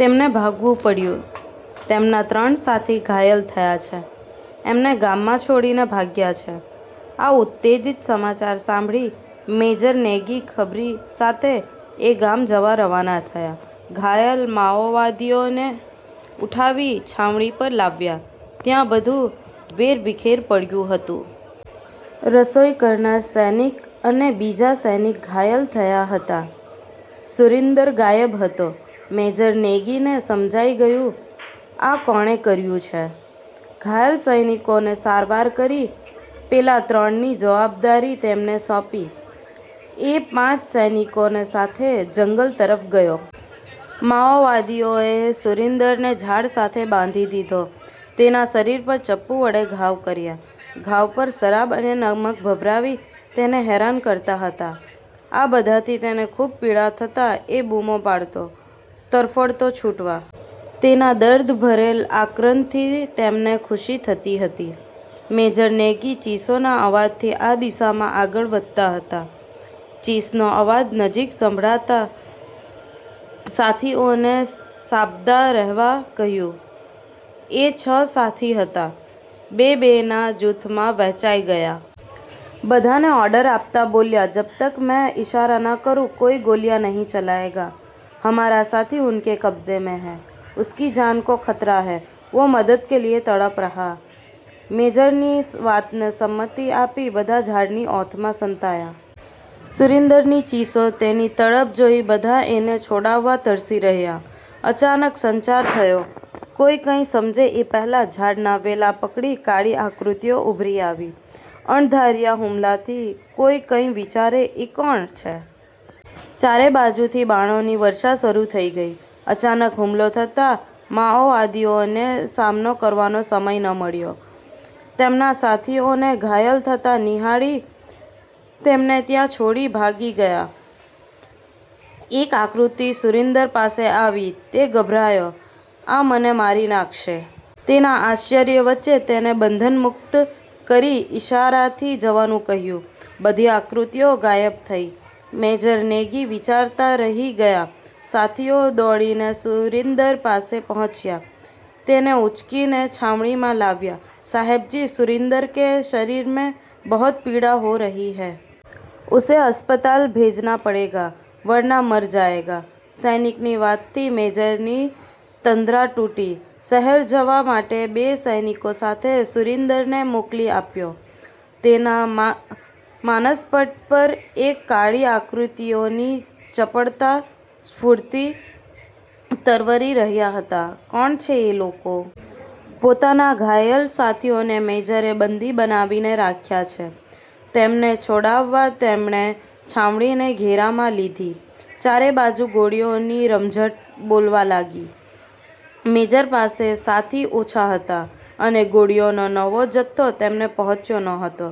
તેમને ભાગવું પડ્યું. તેમના ત્રણ સાથી ઘાયલ થયા છે, એમને ગામમાં છોડીને ભાગ્યા છે. આ ઉત્તેજિત સમાચાર સાંભળી મેજર નેગી ખબરી સાથે એ ગામ જવા રવાના થયા. ઘાયલ માઓવાદીઓને ઉઠાવી છાવણી પર લાવ્યા, ત્યાં બધું વેરવિખેર પડ્યું હતું. રસોઇકરનાર સૈનિક અને બીજા સૈનિક ઘાયલ થયા હતા. સુરીન્દર ગાયબ હતો. મેજર નેગીને સમજાઈ ગયું, આ કોણે કર્યું છે? ઘાયલ સૈનિકોને સારવાર કરી, પેલા ત્રણની જવાબદારી તેમને સોંપી, એ પાંચ સૈનિકોને સાથે જંગલ તરફ ગયો. માઓવાદીઓએ સુરીન્દરને ઝાડ સાથે બાંધી દીધો, તેના શરીર પર ચપ્પુ વડે ઘાવ કર્યાં. ઘાવ પર શરાબ અને નમક ભભરાવી તેને હેરાન કરતા હતા. આ બધાથી તેને ખૂબ પીડા થતાં એ બૂમો પાડતો, તરફડટો છૂટવા. તેના દર્દ ભરેલ આક્રંદથી તેમને ખુશી થતી હતી. મેજર નેગી, ચીસોના અવાજથી આ દિશામાં આગળ વધતા હતા. ચીસનો અવાજ નજીક સાંભળતા સાથીઓને સાબદા રહેવા કહ્યું. એ છ સાથી હતા, બે-બે ના જૂથમાં વહેંચાય ગયા. બધાને ઓર્ડર આપતા બોલ્યા, "જબ તક મૈં ઈશારા ના કરું કોઇ ગોંલિયા નહીં ચલાયેગા. હમારા સાથી ઉનકે કબ્જે મૈં હૈ. ઉસકી જાન કો ખતરા હૈ, વો મદદ કે લિયે તડપ રહા." મેજરની વાતને સંમતિ આપી બધા ઝાડની ઓથમાં સંતાયા. સુરીન્દરની ચીસો, તેની તડપ જોઇ બધા એને છોડાવવા તરસી રહ્યા. અચાનક, સંચાર થયો. કોઇ કાંઈ સમજે એ પહેલાં, ઝાડના વેલા પકડી કાળી આકૃતિઓ ઊભરી આવી. અણધાર્યા હુમલાથી, કોઇ કાંઈ વિચારે એ કોણ છે? ચારેબાજુથી બાણોની વર્ષા શરૂ થઈ ગઈ. અચાનક હુમલો થતાં, માઓવાદીઓને સામનો કરવાનો સમય ના મળ્યો. તેમના સાથીઓને ઘાયલ થતાં નિહાળી તેમને ત્યાં છોડી ભાગી ગયા. એક આકૃતિ, સુરીન્દર પાસે આવી. તે ગભરાયો, આ મને મારી નાખશે. તેના આશ્વર્ય વચ્ચે, તેને બંધન મુક્ત કરી ઈશારાથી જવાનું કહ્યું. બધી આકૃતિઓ ગાયબ થઇ. મેજર નેગી વિચારતા રહી ગયા. સાથીઓ દોડીને સુરીન્દર પાસે પહોંચ્યા. તેને ઉંચકીને છાવણીમાં લાવ્યા. "સાહેબજી, સુરીન્દર કે શરીરમેં બહોત પીડા હો રહી હૈ. ઉસે અસ્પતાલ ભેજના પડેગા, વર્ના મર જાયેગા." સૈનિકની વાતથી મેજરની તંદ્રા તૂટી. શહેર જવા માટે બે સૈનિકો સાથે સુરીન્દરને મોકલી આપ્યો. તેના માન માનસપાટ પર એ કાળી આકૃતિઓની ચપળતા, સ્ફૂર્તિ તરવરી રહ્યા હતા. કોણ છે એ લોકો? પોતાના ઘાયલ સાથીઓને મેજરે બંદી બનાવીને રાખ્યા છે, તેમને છોડાવવા તેમણે છાવણીને ઘેરામાં લીધી. ચારેબાજુ ગોળીઓની રમઝટ બોલવા લાગી. મેજર પાસે સાથી ઓછા હતા, અને ગોળીઓનો નવો જથ્થો તેમને પહોંચ્યો નહોતો.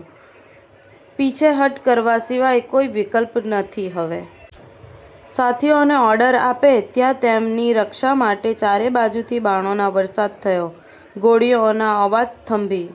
પીછેહટ કરવા સિવાય કોઈ વિકલ્પ નથી હવે. સાથીઓને ઓર્ડર આપે ત્યાં તેમની રક્ષા માટે ચારેબાજુથી બાણોના વરસાદ થયો. ગોળીઓના અવાજ થંભી